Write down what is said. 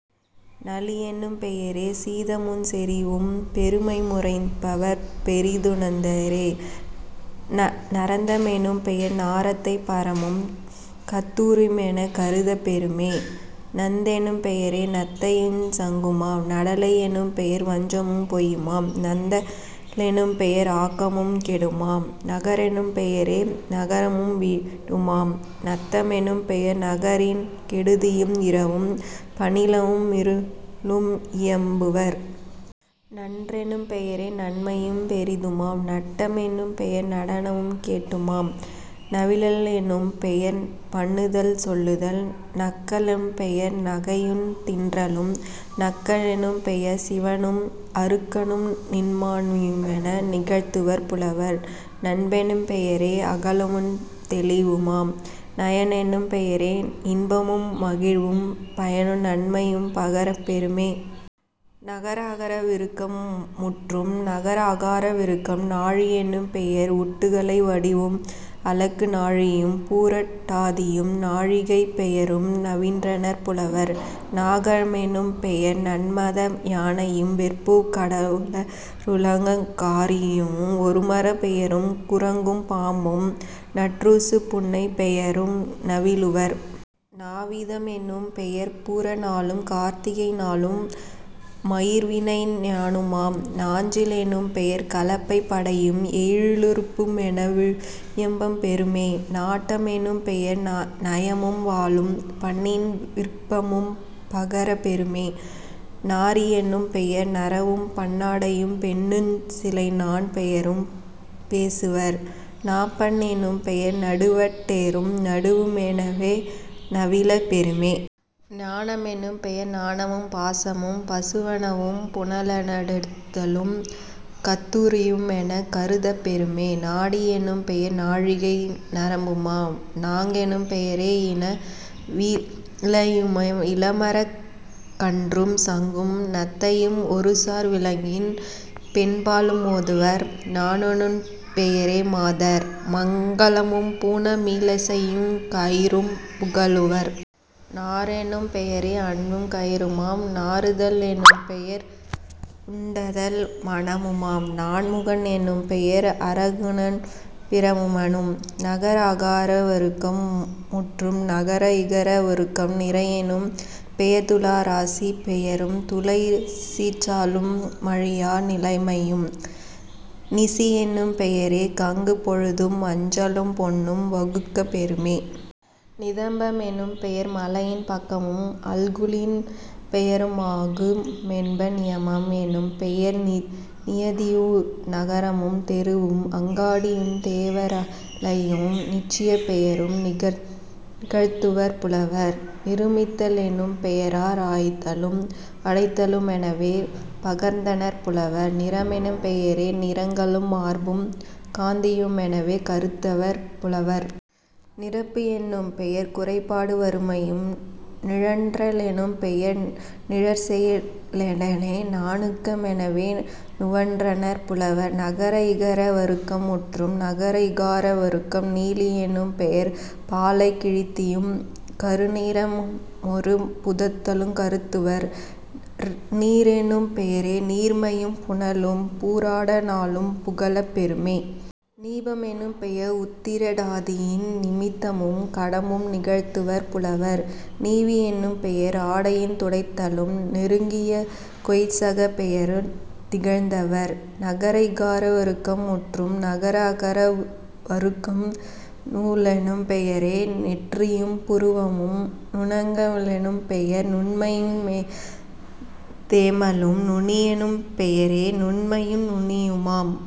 நளியெனும் பெயரே சீதமுஞ் செறிவும் பெருமையு முரைப்பர் பெரிது ணர்ந்தேரே..... நரந்த மெனும்பெயர் நாரத்தை மரமும் கத்தூ ரியுமெனக் கருதப் பெறுமே..... நந்தெனும் பெயரே நத்தையுஞ் சங்குமாம்..... நடலை யெனும்பெயர் வஞ்சமும் பொய்யுமாம்..... நந்த லெனும்பெயர் ஆக்கமும் கேடுமாம்..... நகரெனும் பெயரே நகரமும் வீடுமாம்..... நத்த மெனும்பெயர் நகரின் கெடுதியும் இரவும் பணிலமு மிருளும் இயம்புவர்..... நன்றெனும் பெயரே நன்மையும் பெரிதுமாம்..... நட்ட மெனும்பெயர் நடனமும் கேடுமாம்..... நவிலல் எனும்பெயர் பண்ணுதல் சொல்லுதல்..... நக்க லெனும்பெயர் நகையுந் தின்றலும்..... நக்க னெனும்பெயர் சிவனும் அருக்கனும் நின்மா ணியுமென நிகழ்த்துவர் புலவர்..... நன்பெனும் பெயரே அகலமுந் தெளிவுமாம்..... நயனெனும் பெயரே இன்பமும் மகிழ்வும் பயனு நன்மையும் பகரப் பெறுமே..... நகர அகர வருக்கம் முற்றும். நகர ஆகார வருக்கம் நாழி யெனும்பெயர் உட்டுளை வடிவும் அளக்கு நாழியும் பூரட் டாதியும் நாழிகைப் பெயரு நவின்றனர் புலவர்..... நாக மெனும்பெயர் நன்மத யானையும் வெற்புங் கடவுள ருலகுங் காரியமும் ஒருமரப் பெயரும் குரங்கும் பாம்பும் நற்றூசும் புன்னைப் பெயரு நவிலுவர்..... நாவிதன் எனும்பெயர் பூர நாளும் கார்த்திகை நாளு மயிர்வினை ஞனுமாம்..... நாஞ்சில் எனும்பெயர் கலப்பைப் படையும் எயிலு றுப்புமென வியம்பப் பெறுமே..... நாட்ட மெனும்பெயர் நயமும் வாளும் பண்ணின் விகற்பமும் பகரப் பெறுமே..... நாரி யெனும்பெயர் நறவும் பன்னாடையும் பெண்ணுஞ் சிலைநாண் பெயரும் பேசுவர்..... நாப்பண் எனும்பெயர் நடுவட் டேரும் நடுவு மெனவே நவிலப் பெறுமே..... நான மெனும்பெயர் ஞானமும் பாசமும் பசு வனவும் புனலா டுதலும் கத்தூ ரியுமெனக் கருதப் பெறுமே..... நாடி யெனும்பெயர் நாழிகை நரம்புமாம்..... நாகெனும் பெயரே யினா விளமையும் இளமரக் கன்றும் சங்கும் நத்தையும் ஒருசார் விலங்கின் பெண்பாலு மோதுவர்..... நாணுனும் பெயரே மாதர் மங்கலமும் பூணு மிலச்சையுங் கயிறும் புகலுவர்..... நாரெனும் பெயரே அன்பும் கயிறுமாம்..... நாறுதல் எனும்பெயர் உண்டதல் மணமுமாம்..... நான்முகன் எனும்பெயர் அருகனும் பிரமனும்..... நகர ஆகார வருக்கம் முற்றும். நகர இகர வருக்கம் நிறையெனும் பெயர்துலா ராசிப் பெயரும் துலையு நீர்ச்சாலு மழியா நிலைமையும்..... நிசியெனும் பெயரே கங்குற் பொழுதும் மஞ்சளும் பொன்னும் வகுக்கப் பெறுமே..... நிதம்ப மெனும்பெயர் மலையின் பக்கமும் அல்குலின் பெயரு மாகு மென்ப..... நியமம் எனும்பெயர் நியதியு நகரமும் தெருவும் அங்காடியுந் தேவரா லையமும் நிச்சயப் பெயரும் நிகழ்த்துவர் புலவர்.....। நிருமித்த லென்னும் பெயரா ராய்தலும் படைத்தலு மெனவே பகர்ந்தனர் புலவர்..... நிறமெனும் பெயரே நிறங்களு மார்பும் காந்தியு மெனவே கருதுவர் புலவர்..... நிரப்பு எனும்பெயர் குறைபாடும் வறுமையும்..... நிழற்ற லெனும்பெயர் நிழற்செய லுடனே நணுக்க மெனவே நுவன்றனர் புலவர்..... நகர இகர வருக்கம் முற்றும். நகர ஈகார வருக்கம் நீலி யெனும்பெயர் பாலைக் கிழத்தியும் கருநிற முமொரு புதலுங் கருதுவர்..... நீரெனும் பெயரே நீர்மையும் புனலும் பூராட நாளும் புகலப் பெறுமே..... நீப மெனும்பெயர் உத்திரட் டாதியும் நிமித்தமும் கடம்பு நிகழ்த்துவர் புலவர்..... நீவி யெனும்பெயர் ஆடையுந் துடைத்தலும் நெருங்கிய கொய்சகப் பெயரு நிகழ்த்தவர்..... நகர ஈகார வருக்கம் முற்றும். நகர உகர வருக்கம் நுலெனும் பெயரே நெற்றியும் புருவமும்..... நுணங்க லெனும்பெயர் நுண்மையுந் தேமலும்..... நுனியெனும் பெயரே நுண்மையும் நுனியுமாம்.